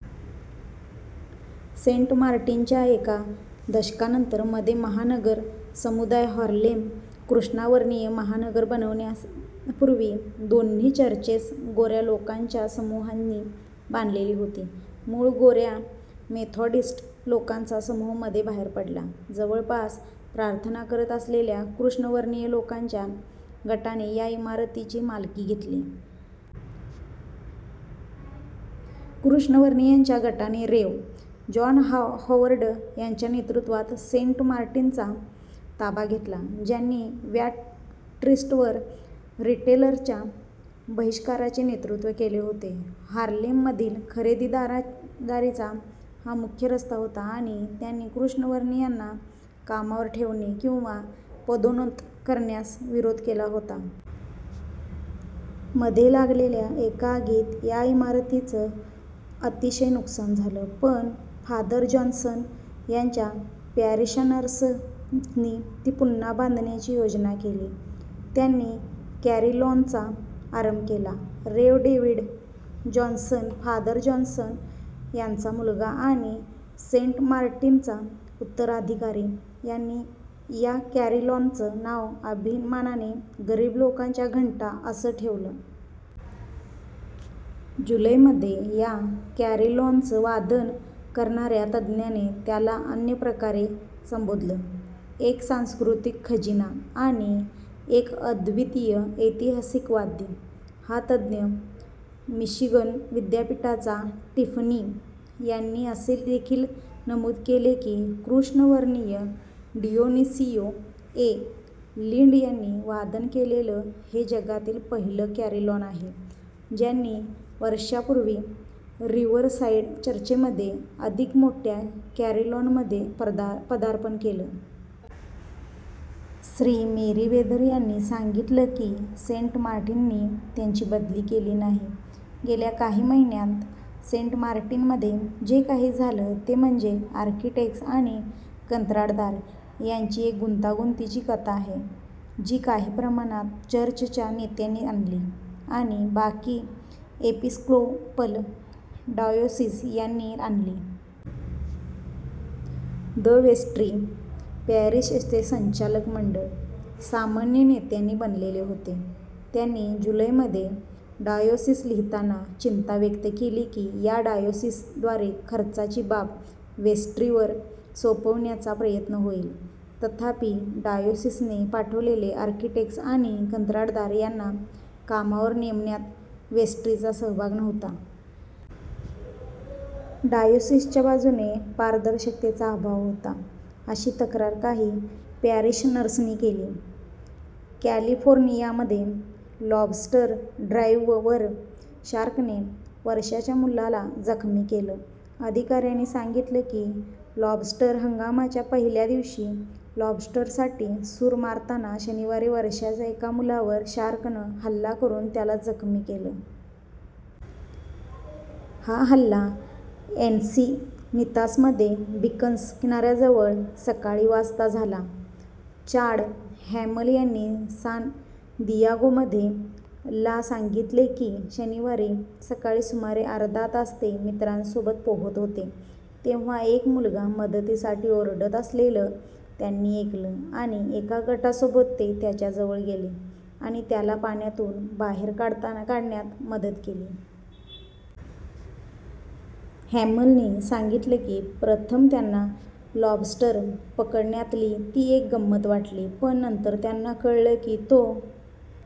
" Saint Martin च्या एका दशकानंतर मध्ये महानगर समुदाय हार्लेम कृष्णवर्णीय महानगर बनण्यापूर्वी दोन्ही चर्चेस गोऱ्या लोकांच्या समूहांनी बांधलेली होती. मूळ गोऱ्या मेथॉडिस्ट लोकांचा समूह मध्ये बाहेर पडला. जवळपास प्रार्थना करत असलेल्या कृष्णवर्णीय लोकांच्या गटाने या इमारतीची मालकी घेतली. कृष्णवर्णीयांच्या गटाने रेव. जॉन हॉवर्ड यांच्या नेतृत्वात सेंट मार्टिनचा ताबा घेतला, ज्यांनी व्या स्ट्रीटवर रिटेलर्सच्या बहिष्काराचे नेतृत्व केले होते, हार्लेममधील खरेदीदारीचा हा मुख्य रस्ता होता, आणि त्यांनी कृष्णवर्णीयांना कामावर ठेवणे किंवा पदोन्नत करण्यास विरोध केला होता. मध्ये लागलेल्या एका आगीत या इमारतीचं अतिशय नुकसान झालं, पण फादर जॉन्सन यांच्या पॅरिशनर्सनी ती पुन्हा बांधण्याची योजना केली, त्यांनी कॅरिलॉनचा आरंभ केला. Rev. David Johnson, father Johnson यांचा मुलगा आणि सेंट मार्टिनचा उत्तराधिकारी, यांनी या कॅरिलॉनचं नाव अभिमानाने "गरीब लोकांच्या घंटा" असं ठेवलं. जुलैमध्ये या कॅरिलॉनचं वादन करणाऱ्या तज्ञाने त्याला अन्यप्रकारे संबोधलं: "एक सांस्कृतिक खजिना" आणि "एक अद्वीतिय ऐतिहासिक वाद्य. " हा तज्ञ, मिशिगन विद्यापीठाचा टिफनी, यांनी असे देखील नमूद केले की कृष्णवर्णीय, डियोनिसियो ए. लिंड, यांनी वादन केलेलं हे जगातील पहिलं कॅरिलॉन आहे, ज्यांनी वर्षापूर्वी रिवरसाईड चर्चमध्ये अधिक मोठ्या कॅरिलॉनमध्ये पदार्पण केलं. श्री. मेरीवेदर यांनी सांगितलं की सेंट मार्टिननी त्यांची बदली केली नाही. गेल्या काही महिन्यांत सेंट मार्टिन्समध्ये जे काही झालं ते म्हणजे आर्किटेक्ट्स आणि कंत्राटदार यांची एक गुंतागुंतीची कथा आहे, जी काही प्रमाणात चर्चच्या नेत्यांनी आणली, आणि बाकी एपिस्कोपल डायोसिस यांनी आणली. द वेस्ट्री – पॅरीशचे संचालक मंडळ, सामान्य नेत्यांनी बनलेले होते – त्यांनी जुलैमध्ये डायोसिस लिहिताना चिंता व्यक्त केली की या डायोसिसद्वारे "खर्चाची बाब" वेस्ट्रीवर सोपविण्याचा प्रयत्न होईल, तथापि डायोसिसने पाठविलेले आर्किटेक्ट्स आणि कंत्राटदार यांना कामावर नेमण्यात वेस्ट्रीचा सहभाग नव्हता. डायोसिसच्या बाजूने पारदर्शकतेचा अभाव होता अशी तक्रार काही पॅरिशनर्सनी केली. कॅलिफोर्नियामध्ये लॉबस्टर ड्राईववर शार्कने वर्षांच्या मुलाला जखमी केलं. अधिकाऱ्यांनी सांगितलं की, लॉबस्टर हंगामाच्या पहिल्या दिवशी लॉबस्टरसाठी सूर मारताना शनिवारी वर्षांच्या एका मुलावर शार्कनं हल्ला करुन त्याला जखमी केलं. हा हल्ला एन्सिनितासमध्ये बिकन्स किनाऱ्याजवळ सकाळी वाजता झाला. चाड हॅमल यांनी सान दियागोमध्ये ला सांगितले की शनिवारी सकाळी सुमारे अर्धा तास ते मित्रांसोबत पोहत होते तेव्हा एक मुलगा मदतीसाठी ओरडत असलेलं त्यांनी ऐकलं आणि एका गटासोबत ते त्याच्याजवळ गेले आणि त्याला पाण्यातून बाहेर काढण्यात मदत केली. हॅमलनी सांगितलं की प्रथम त्यांना लॉबस्टर पकडण्यातली ती एक गंमत वाटली, पण नंतर त्यांना "कळलं की तो